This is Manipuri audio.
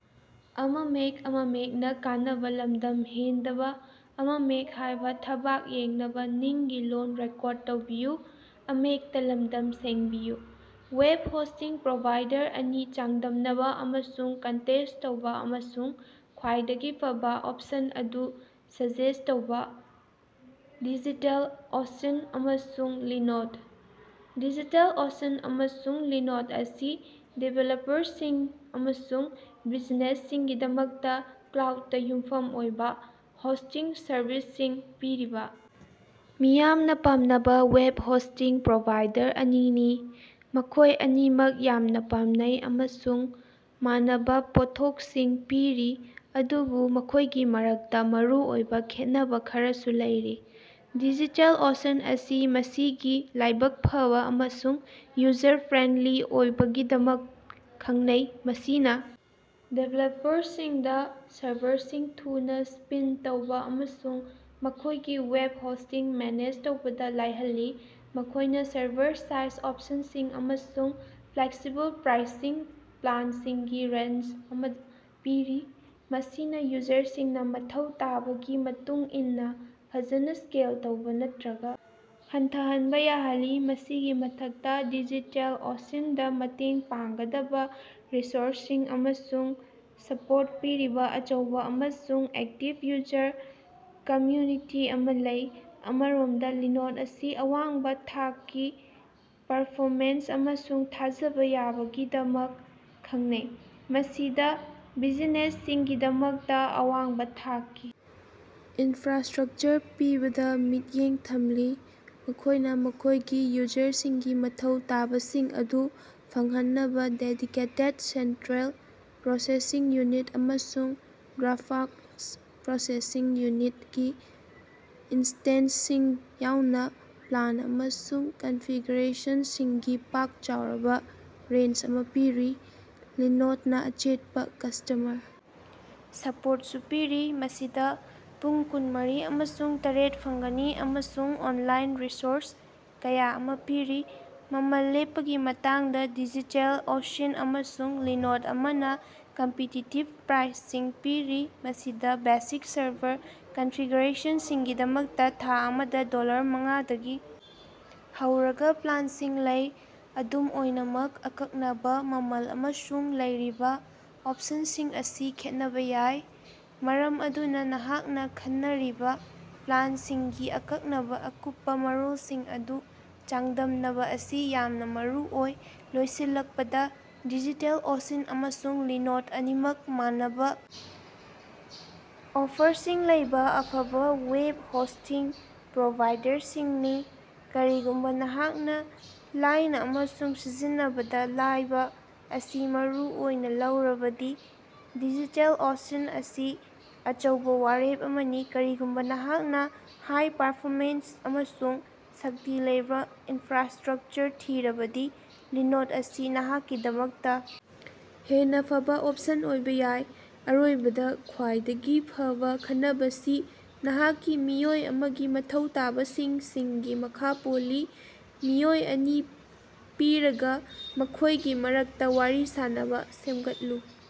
ꯋꯦꯕ ꯍꯣꯁꯇꯤꯡ ꯄ꯭ꯔꯣꯚꯥꯏꯗꯔ ꯑꯅꯤ ꯆꯥꯡꯗꯝꯅꯕ ꯑꯃꯁꯨꯡ ꯀꯟꯇꯦꯁꯇ꯭ ꯇꯧꯕ ꯑꯃꯁꯨꯡ ꯈ꯭ꯋꯥꯏꯗꯒꯤ ꯐꯕ ꯑꯣꯞꯁꯟ ꯑꯗꯨ ꯁꯖꯦꯁ ꯇꯧꯕ꯫ ꯗꯤꯖꯤꯇꯦꯜ ꯑꯣꯁꯤꯟ ꯑꯃꯁꯨꯡ ꯂꯤꯅꯣꯗ꯫ ꯗꯤꯖꯤꯇꯦꯜ ꯑꯣꯁꯤꯟ ꯑꯃꯁꯨꯡ ꯂꯤꯅꯣꯗ ꯑꯁꯤ ꯗꯤꯕꯦꯂꯞꯄꯔꯁꯤꯡ ꯑꯃꯁꯨꯡ ꯕꯤꯖꯤꯅꯦꯁꯁꯤꯡꯒꯤꯗꯃꯛꯇ ꯀ꯭ꯂꯥꯎꯗꯇꯥ ꯌꯨꯝꯐꯝ ꯑꯣꯏꯕ ꯍꯣꯁꯇꯤꯡ ꯁꯔꯕꯤꯁꯁꯤꯡ ꯄꯤꯔꯤꯕ ꯃꯤꯌꯥꯝꯅ ꯄꯥꯝꯅꯕ ꯋꯦꯕ ꯍꯣꯁꯇꯤꯡ ꯄ꯭ꯔꯣꯚꯥꯏꯗꯔ ꯑꯅꯤꯅꯤ꯫ ꯃꯈꯣꯏ ꯑꯅꯤꯃꯛ ꯌꯥꯝꯅꯥ ꯄꯥꯝꯅꯩ ꯑꯃꯁꯨꯡ ꯃꯥꯟꯅꯕꯥ ꯄꯣꯠꯊꯣꯛꯁꯤꯡ ꯄꯤꯔꯤ, ꯑꯗꯨꯕꯨ ꯃꯈꯣꯏꯒꯤ ꯃꯔꯛꯇ ꯃꯔꯨꯑꯣꯏꯕ ꯈꯦꯠꯅꯕ ꯈꯔꯁꯨ ꯂꯩꯔꯤ꯫ ꯗꯤꯖꯤꯇꯦꯜ ꯑꯣꯁꯤꯟ ꯑꯁꯤ ꯃꯁꯤꯒꯤ ꯂꯥꯏꯕꯛ ꯐꯕ ꯑꯃꯁꯨꯡ ꯌꯨꯖꯔ ꯐ꯭ꯔꯦꯟꯗꯂꯤ ꯑꯣꯏꯕꯒꯤꯗꯃꯛ ꯈꯪꯅꯩ, ꯃꯁꯤꯅꯥ ꯗꯤꯕꯦꯂꯄꯔꯁꯤꯡꯗꯥ ꯁꯔꯚꯔꯁꯤꯡ ꯊꯨꯅ ꯁ꯭ꯄꯤꯟ ꯇꯧꯕ ꯑꯃꯁꯨꯡ ꯃꯈꯣꯏꯒꯤ ꯋꯦꯕ ꯍꯣꯁꯇꯤꯡ ꯃꯦꯅꯦꯖ ꯇꯧꯕꯗ ꯂꯥꯏꯍꯜꯂꯤ꯫ ꯃꯈꯣꯏꯅ ꯁꯔꯚꯔ ꯁꯥꯏꯖ ꯑꯣꯞꯁꯟꯁꯤꯡ ꯑꯃꯁꯨꯡ ꯐ꯭ꯂꯦꯛꯁꯤꯕꯜ ꯄ꯭ꯔꯥꯏꯁꯤꯡ ꯄ꯭ꯂꯥꯟꯁꯤꯡꯒꯤ ꯔꯦꯟꯖ ꯑꯃ ꯄꯤꯔꯤ, ꯃꯁꯤꯅꯥ ꯌꯨꯖꯔꯁꯤꯡꯅ ꯃꯊꯧ ꯇꯥꯕꯒꯤ ꯃꯇꯨꯡ ꯏꯟꯅ ꯐꯖꯅ ꯁ꯭ꯀꯦꯜ ꯇꯧꯕ ꯅꯠꯇ꯭ꯔꯒ ꯍꯟꯊꯍꯟꯕ ꯌꯥꯍꯜꯂꯤ꯫ ꯃꯁꯤꯒꯤ ꯃꯊꯛꯇꯥ, ꯗꯤꯖꯤꯇꯦꯜ ꯑꯣꯁꯤꯟꯗ ꯃꯇꯦꯡ ꯄꯥꯡꯒꯗꯕ ꯔꯤꯁꯣꯔꯁꯁꯤꯡ ꯑꯃꯁꯨꯡ ꯁꯄꯣꯔꯠ ꯄꯤꯔꯤꯕꯥ ꯑꯆꯧꯕ ꯑꯃꯁꯨꯡ ꯑꯦꯛꯇꯤꯕ ꯌꯨꯖꯔ ꯀꯝꯃ꯭ꯌꯨꯅꯤꯇꯤ ꯑꯃ ꯂꯩ꯫ ꯑꯃꯔꯣꯃꯗ, ꯂꯤꯅꯣꯗ ꯑꯁꯤ ꯑꯋꯥꯡꯕꯥ ꯊꯥꯛꯀꯤ ꯄꯔꯐꯣꯃꯦꯟꯁ ꯑꯃꯁꯨꯡ ꯊꯥꯖꯕ ꯌꯥꯕꯒꯤꯗꯃꯛ ꯈꯪꯅꯩ꯫ ꯃꯁꯤꯗ ꯕꯤꯖꯤꯅꯦꯁꯁꯤꯡꯒꯤꯗꯃꯛꯇꯥ ꯑꯋꯥꯡꯕꯥ ꯊꯥꯛꯀꯤ ꯏꯅꯐ꯭ꯔꯥꯁ꯭ꯇꯔꯛꯆꯔ ꯄꯤꯕꯗ ꯃꯤꯠꯌꯦꯡ ꯊꯝꯂꯤ꯫ ꯃꯈꯣꯏꯅ ꯃꯈꯣꯏꯒꯤ ꯌꯨꯖꯔꯁꯤꯡꯒꯤ ꯃꯊꯧ ꯇꯥꯕꯁꯤꯡ ꯑꯗꯨ ꯐꯪꯍꯟꯅꯕ ꯗꯦꯗꯤꯀꯦꯇꯦꯗ ꯁꯦꯟꯇ꯭ꯔꯦꯜ ꯄ꯭ꯔꯣꯁꯦꯁꯤꯡ ꯎꯅꯤꯠ ꯑꯃꯁꯨꯡ ꯒ꯭ꯔꯥꯐꯥꯛꯁ ꯄ꯭ꯔꯣꯁꯦꯁꯤꯡ ꯎꯅꯤꯠ ꯒꯤ ꯏꯟꯁꯇꯦꯟꯁꯁꯤꯡ ꯌꯥꯎꯅ ꯄ꯭ꯂꯥꯟ ꯑꯃꯁꯨꯡ ꯀꯟꯐꯤꯒ꯭ꯔꯦꯁꯟꯁꯤꯡꯒꯤ ꯄꯥꯛ ꯆꯥꯎꯔꯕꯥ ꯔꯦꯟꯖ ꯑꯃ ꯄꯤꯔꯤ꯫ ꯂꯤꯅꯣꯗꯅꯥ ꯑꯆꯦꯠꯄ ꯀꯁ꯭ꯇꯃꯔ ꯁꯄꯣꯔꯇꯁꯨ ꯄꯤꯔꯤ, ꯃꯁꯤꯗꯥ ꯄꯨꯡ ꯀꯨꯟꯃꯔꯤ ꯑꯃꯁꯨꯡ ꯇꯔꯦꯠ ꯐꯪꯒꯅꯤ ꯑꯃꯁꯨꯡ ꯑꯣꯟꯂꯥꯏꯟ ꯔꯤꯁꯣꯔꯁ ꯀꯌꯥ ꯑꯃ ꯄꯤꯔꯤ꯫ ꯃꯃꯜ ꯂꯦꯞꯄꯒꯤ ꯃꯇꯥꯡꯗ, ꯗꯤꯖꯤꯇꯦꯜ ꯑꯣꯁꯤꯟ ꯑꯃꯁꯨꯡ ꯂꯤꯅꯣꯗ ꯑꯅꯤꯃꯛꯅꯥ ꯀꯝꯄꯤꯇꯤꯇꯤꯕ ꯄ꯭ꯔꯥꯏꯁꯤꯡ ꯄꯤꯔꯤ, ꯃꯁꯤꯗꯥ ꯕꯦꯁꯤꯛ ꯁꯔꯚꯔ ꯀꯟꯐꯤꯒ꯭ꯔꯦꯁꯟꯁꯤꯡꯒꯤꯗꯃꯛꯇꯥ ꯊꯥ ꯑꯃꯗꯥ ꯗꯣꯂꯔ ꯃꯉꯥꯗꯒꯤ ꯍꯧꯔꯒ ꯄ꯭ꯂꯥꯟꯁꯤꯡ ꯂꯩ꯫ ꯑꯗꯨꯝ ꯑꯣꯏꯅꯃꯛ, ꯑꯀꯛꯅꯕ ꯃꯃꯜ ꯑꯃꯁꯨꯡ ꯂꯩꯔꯤꯕꯥ ꯑꯣꯞꯁꯟꯁꯤꯡ ꯑꯁꯤ ꯈꯦꯠꯅꯕ ꯌꯥꯏ, ꯃꯔꯝ ꯑꯗꯨꯅ ꯅꯍꯥꯛꯅ ꯈꯟꯅꯔꯤꯕ ꯄ꯭ꯂꯥꯟꯁꯤꯡꯒꯤ ꯑꯀꯛꯅꯕ ꯑꯀꯨꯞꯄ ꯃꯔꯣꯜꯁꯤꯡ ꯑꯗꯨ ꯆꯥꯡꯗꯝꯅꯕ ꯑꯁꯤ ꯌꯥꯝꯅꯥ ꯃꯔꯨꯑꯣꯏ꯫ ꯂꯣꯏꯁꯤꯜꯂꯛꯄꯗ, ꯗꯤꯖꯤꯇꯦꯜ ꯑꯣꯁꯤꯟ ꯑꯃꯁꯨꯡ ꯂꯤꯅꯣꯗ ꯑꯅꯤꯃꯛ ꯃꯥꯟꯅꯕ ꯑꯣꯐꯔꯁꯤꯡ ꯂꯩꯕ ꯑꯐꯕꯥ ꯋꯦꯕ ꯍꯣꯁꯇꯤꯡ ꯄ꯭ꯔꯣꯚꯥꯏꯗꯔꯁꯤꯡꯅꯤ꯫ ꯀꯔꯤꯒꯨꯝꯕ ꯅꯍꯥꯛꯅ ꯂꯥꯏꯅ ꯑꯃꯁꯨꯡ ꯁꯤꯖꯤꯟꯅꯕꯗ ꯂꯥꯏꯕ ꯑꯁꯤ ꯃꯔꯨ ꯑꯣꯏꯅ ꯂꯧꯔꯕꯗꯤ ꯗꯤꯖꯤꯇꯦꯜ ꯑꯣꯁꯤꯟ ꯑꯁꯤ ꯑꯆꯧꯕ ꯋꯥꯔꯦꯞ ꯑꯃꯅꯤ꯫ ꯀꯔꯤꯒꯨꯝꯕ ꯅꯍꯥꯛꯅ ꯍꯥꯏ-ꯄꯥꯔꯐꯣꯔꯃꯦꯟꯁ ꯑꯃꯁꯨꯡ ꯁꯛꯇꯤ ꯂꯩꯕ ꯏꯟꯐ꯭ꯔꯥꯁꯇ꯭ꯔꯛꯆꯔ ꯊꯤꯔꯕꯗꯤ, ꯂꯤꯅꯣꯗ ꯑꯁꯤ ꯅꯍꯥꯛꯀꯤꯗꯃꯛꯇ ꯍꯦꯟꯅꯥ ꯐꯕ ꯑꯣꯞꯁꯟ ꯑꯣꯏꯕ ꯌꯥꯏ꯫ ꯑꯔꯣꯏꯕꯗ, ꯈ꯭ꯋꯥꯏꯗꯒꯤ ꯐꯕ ꯈꯟꯅꯕꯁꯤ ꯅꯍꯥꯛꯀꯤ ꯃꯤꯑꯣꯏ ꯑꯃꯒꯤ ꯃꯊꯧ ꯇꯥꯕꯁꯤꯡ ꯁꯤꯡꯒꯤ ꯃꯈꯥ ꯄꯣꯜꯂꯤ꯫ ꯃꯤꯑꯣꯏ ꯑꯅꯤ ꯄꯤꯔꯒꯥ ꯃꯈꯣꯏꯒꯤ ꯃꯔꯛꯇ ꯋꯥꯔꯤ ꯁꯥꯅꯕ ꯁꯦꯝꯒꯠꯂꯨ꯫